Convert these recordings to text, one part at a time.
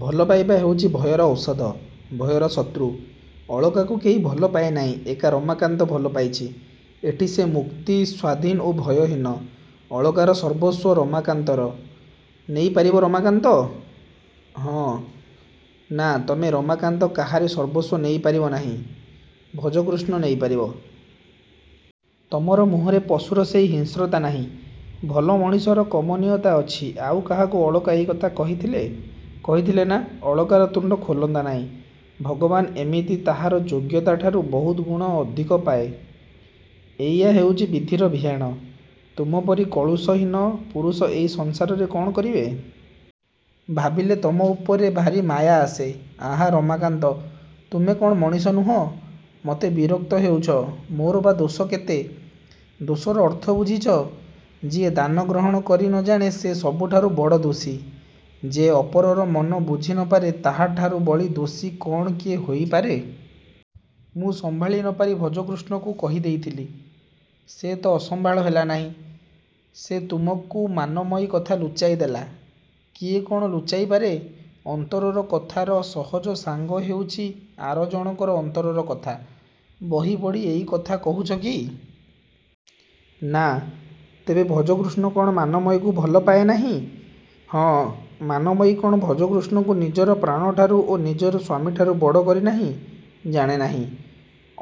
ଭଲ ପାଇବା ହେଉଛି ଭୟର ଔଷଧ-ଭୟର ଶତ୍ରୁ। ଅଳକାକୁ କେହି ଭଲ ପାଇନାହିଁ-ଏକା ରମାକାନ୍ତ ଭଲ ପାଇଛି। ଏଠି ସେ ମୁକ୍ତି, ସ୍ୱାଧୀନ ଓ ଭୟହୀନ। ଅଳକାର ସର୍ବସ୍ୱ ରମାକାନ୍ତର। ନେଇପାରିବ ରମାକାନ୍ତ? -ହଁ। -ନା, ତମେ ରମାକାନ୍ତ କାହାରି ସର୍ବସ୍ୱ ନେଇପାରିବ ନାହିଁ। ଭଜକୃଷ୍ଣ ନେଇ ପାରିବ। ତମର ମୁହଁରେ ପଶୁର ସେହି ହିଂସ୍ରତା ନାହିଁ। ଭଲ ମଣିଷର କମନୀୟତା ଅଛି ଆଉ କାହାକୁ ଅଳକା ଏହି କଥା କହିଥିଲେ-କହିଥିଲେ ନା, ଅଳକାର ତୁଣ୍ଡ ଖୋଲନ୍ତା ନାହିଁ। ଭାଗ୍ୟବାନ୍ ଏମିତି ତାହାର ଯୋଗ୍ୟତାଠାରୁ ବହୁତଗୁଣ ଅଧିକ ପାଏ। ଏଇଆ ହେଉଛି ବିଧିର ଭିଆଣ। ତମପରି କଳୁଷ-ହୀନ ପୁରୁଷ ଏଇ ସଂସାରରେ କ'ଣ କରିବେ? -ଭାବିଲେ ତମ ଉପରେ ଭାରି ମାୟା ଆସେ-ଆହା-ରମାକାନ୍ତ, ତୁମେ କ'ଣ ମଣିଷ ନୁହଁ? -ମତେ ବିରକ୍ତ ହେଉଛ। ମୋର ବା ଦୋଷ କେତେ? -ଦୋଷର ଅର୍ଥ ବୁଝିଛ। ଯିଏ ଦାନ ଗ୍ରହଣ କରି ନ ଜାଣେ ସେ ସବୁଠାରୁ ବଡ଼ ଦୋଷୀ-। ଯେ ଅପରର ମନ ବୁଝି ନ ପାରେ ତାହାଠାରୁ ବଳି ଦୋଷୀ କ'ଣ କିଏ ହେଇପାରେ-? -ମୁଁ ସମ୍ଭାଳି ନ ପାରି ଭଜକୃଷ୍ଣକୁ କହି ଦେଇଥିଲି। -ସେ ତ ଅସମ୍ଭାଳ ହେଲା ନାହିଁ। ସେ ତୁମକୁ ମାନମୟୀ କଥା ଲୁଚାଇ ଦେଲା। -କିଏ କ'ଣ ଲୁଚାଇପାରେ? ଅନ୍ତରର କଥାର ସହଜ ସାଙ୍ଗ ହେଉଛି ଆର ଜଣକର ଅନ୍ତରର କଥା। -ବହି ପଢ଼ି ଏଇ କଥା କହୁଛ କି? -ନା। -ତେବେ ଭଜକୃଷ୍ଣ କ'ଣ ମାନମୟୀକୁ ଭଲପାଏ ନାହିଁ? -ହଁ। -ମାନମୟୀ କ'ଣ ଭଜକୃଷ୍ଣକୁ ନିଜର ପ୍ରାଣଠାରୁ ଓ ନିଜର ସ୍ୱାମୀଠାରୁ ବଡ଼ କରିନାହିଁ? -ଜାଣେ ନାହିଁ।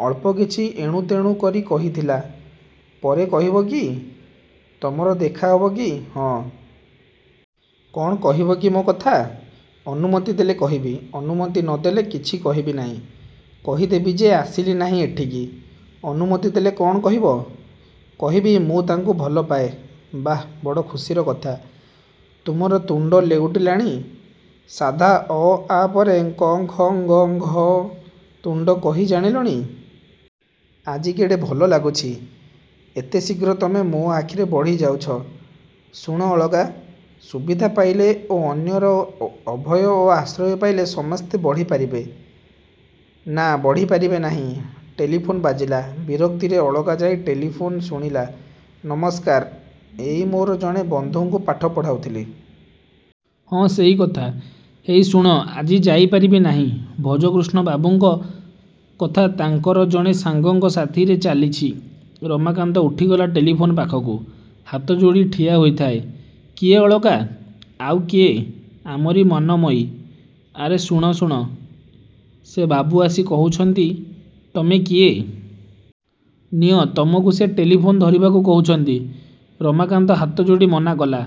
ଅଳ୍ପ କିଛି ଏଣୁତେଣୁ କରି କହିଥିଲା। -ପରେ କହିବ କି? ତମର ଦେଖା ହବ କି? -ହଁ। -କ'ଣ କହିବ କି ମୋ' କଥା? -ଅନୁମତି ଦେଲେ କହିବି। -ଅନୁମତି ନ ଦେଲେ- -କିଛି କହିବି ନାହିଁ। କହିଦେବି ଯେ ଆସିଲି ନାହିଁ ଏଠିକି। -ଅନୁମତି ଦେଲେ କ'ଣ କହିବ? -କହିବି ମୁଁ ତାଙ୍କୁ ଭଲ ପାଏ। -ବାଃ, ବଡ଼ ଖୁସିର କଥା। ତୁମର ତୁଣ୍ଡ ଲେଉଟିଲାଣି-ସାଧା ଅ-ଆ ପରେ ଙ୍କ-ଙ୍ଖ-ଙ୍ଗ-ଙ୍ଘ ତୁଣ୍ଡ କହି ଜାଣିଲଣି। ଆଜି କେଡ଼େ ଭଲ ଲାଗୁଛି-ଏତେ ଶୀଘ୍ର ତମେ ମୋରି ଆଖିରେ ବଢ଼ିଯାଉଛ। -ଶୁଣ, ଅଳକା, ସୁବିଧା ପାଇଲେ ଓ ଅନ୍ୟର ଅଭୟ ଓ ଆଶ୍ରୟ ପାଇଲେ ସମସ୍ତେ ବଢ଼ି ପାରିବେ। -ନା, ବଢ଼ି ପାରିବେ ନାହିଁ। ଟେଲିଫୋନ୍ ବାଜିଲା- ବିରକ୍ତିରେ ଅଳକା ଯାଇ ଟେଲିଫୋନ୍ରେ ଶୁଣିଲା-ନମସ୍କାର-ଏଇ ମୋର ଜଣେ ବନ୍ଧୁଙ୍କୁ ପାଠ ପଢ଼ାଉଥିଲି। -ହଁ ସେଇକଥା। ହେଇ ଶୁଣ, ଆଜି ଯାଇ ପାରିବି ନାହିଁ। ଭଜକୃଷ୍ଣବାବୁଙ୍କ କଥା ତାଙ୍କର ଜଣେ ସାଙ୍ଗଙ୍କ ସାଥିରେ ଚାଲିଛି ରମାକାନ୍ତ ଉଠିଗଲା ଟେଲିଫୋନ୍ ପାଖକୁ। ହାତଯୋଡ଼ି ଠିଆ ହୋଇଥାଏ। କିଏ ଅଳକା? -ଆଉ କିଏ? ଆମରି ମାନମୟୀ। -ଆରେ ଶୁଣ-ଶୁଣ। ସେ ବାବୁ ଆସି କହୁଛନ୍ତି-ତମେ କିଏ? -ନିଅ, ତୁମକୁ ସେ ଟେଲିଫୋନ୍ ଧରିବାକୁ କହୁଛନ୍ତି। -ରମାକାନ୍ତ ହାତଯୋଡ଼ି ମନା କଲା।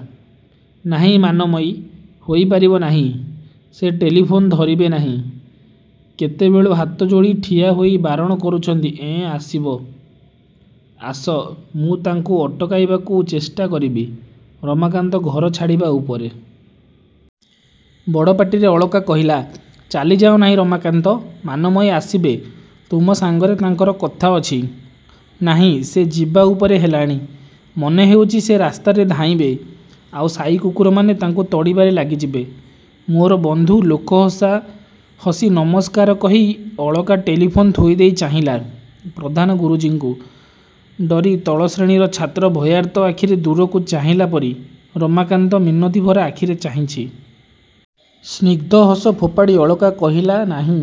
ନାହିଁ, ମାନମୟୀ-ହୋଇ ପାରିବ ନାହିଁ। ସେ ଟେଲିଫୋନ୍ ଧରିବେ ନାହିଁ। କେତେବେଳୁ ହାତଯୋଡ଼ି ଠିଆ ହୋଇ ବାରଣ କରୁଛନ୍ତି ଏଁ, ଆସିବ? -ଆସ। -ମୁଁ ତାଙ୍କୁ ଅଟକାଇବାକୁ ଚେଷ୍ଟା କରିବି। ରମାକାନ୍ତ ଘର ଛାଡ଼ିବା ଉପରେ। ବଡ଼ ପାଟିରେ ଅଳକା କହିଲା-ଚାଲିଯାଅ ନାହିଁ ରମାକାନ୍ତ। ମାନମୟୀ ଆସିବେ। ତୁମ। ସାଙ୍ଗରେ ତାଙ୍କର କଥା ଅଛି। -ନାହିଁ, ସେ ଯିବା ଉପରେ ହେଲାଣି। ମନେ ହେଉଛି ସେ ରାସ୍ତାରେ ଧାଇଁବେ। ଆଉ ସାଇ କୁକୁରମାନେ ତାଙ୍କୁ ତଡ଼ିବାରେ ଲାଗିଯିବେ। ମୋର ବନ୍ଧୁ ଲୋକହସା ହସି ନମସ୍କାର କହି ଅଳକା ଟେଲିଫୋନ୍ ଥୋଇଦେଇ ଚାହିଁଲା-ପ୍ରଧାନ ଗୁରୁଜୀଙ୍କୁ ଡରି ତଳ ଶ୍ରେଣୀର ଛାତ୍ର ଭୟାର୍ତ୍ତ ଆଖିରେ ଦୂରକୁ ଚାହିଁଲା ପରି-ରମାକାନ୍ତ ମିନତିଭରା ଆଖିରେ ଚାହିଁଛି। ସ୍ନିଗ୍ଧ ହସ ଫୋପାଡ଼ି ଅଳକା କହିଲା-ନାହିଁ।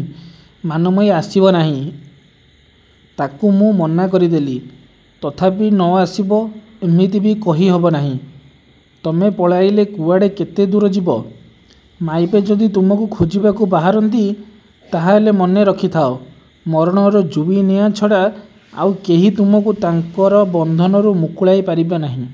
ମାନମୟୀ ଆସିବ ନାହିଁ। ତା'କୁ ମୁଁ ମନା କରିଦେଲି। ତଥାପି ନ ଆସିବ, ଏମିତି ବି କହି ହବ ନାହିଁ? ତମେ ପଳାଇଲେ କୁଆଡ଼େ କେତେ ଦୂର ଯିବ? ମାଇପେ ଯଦି ତୁମକୁ ଖୋଜିବାକୁ ବାହାରନ୍ତି ତାହାହେଲେ ମନ ରଖିଥାଅ-ମରଣର ଜୁଇ ନିଆଁ ଛଡ଼ା ଆଉ କେହି ତୁମକୁ ତାଙ୍କର ବନ୍ଧନରୁ ମୁକୁଳାଇ ପାରିବ ନାହିଁ-।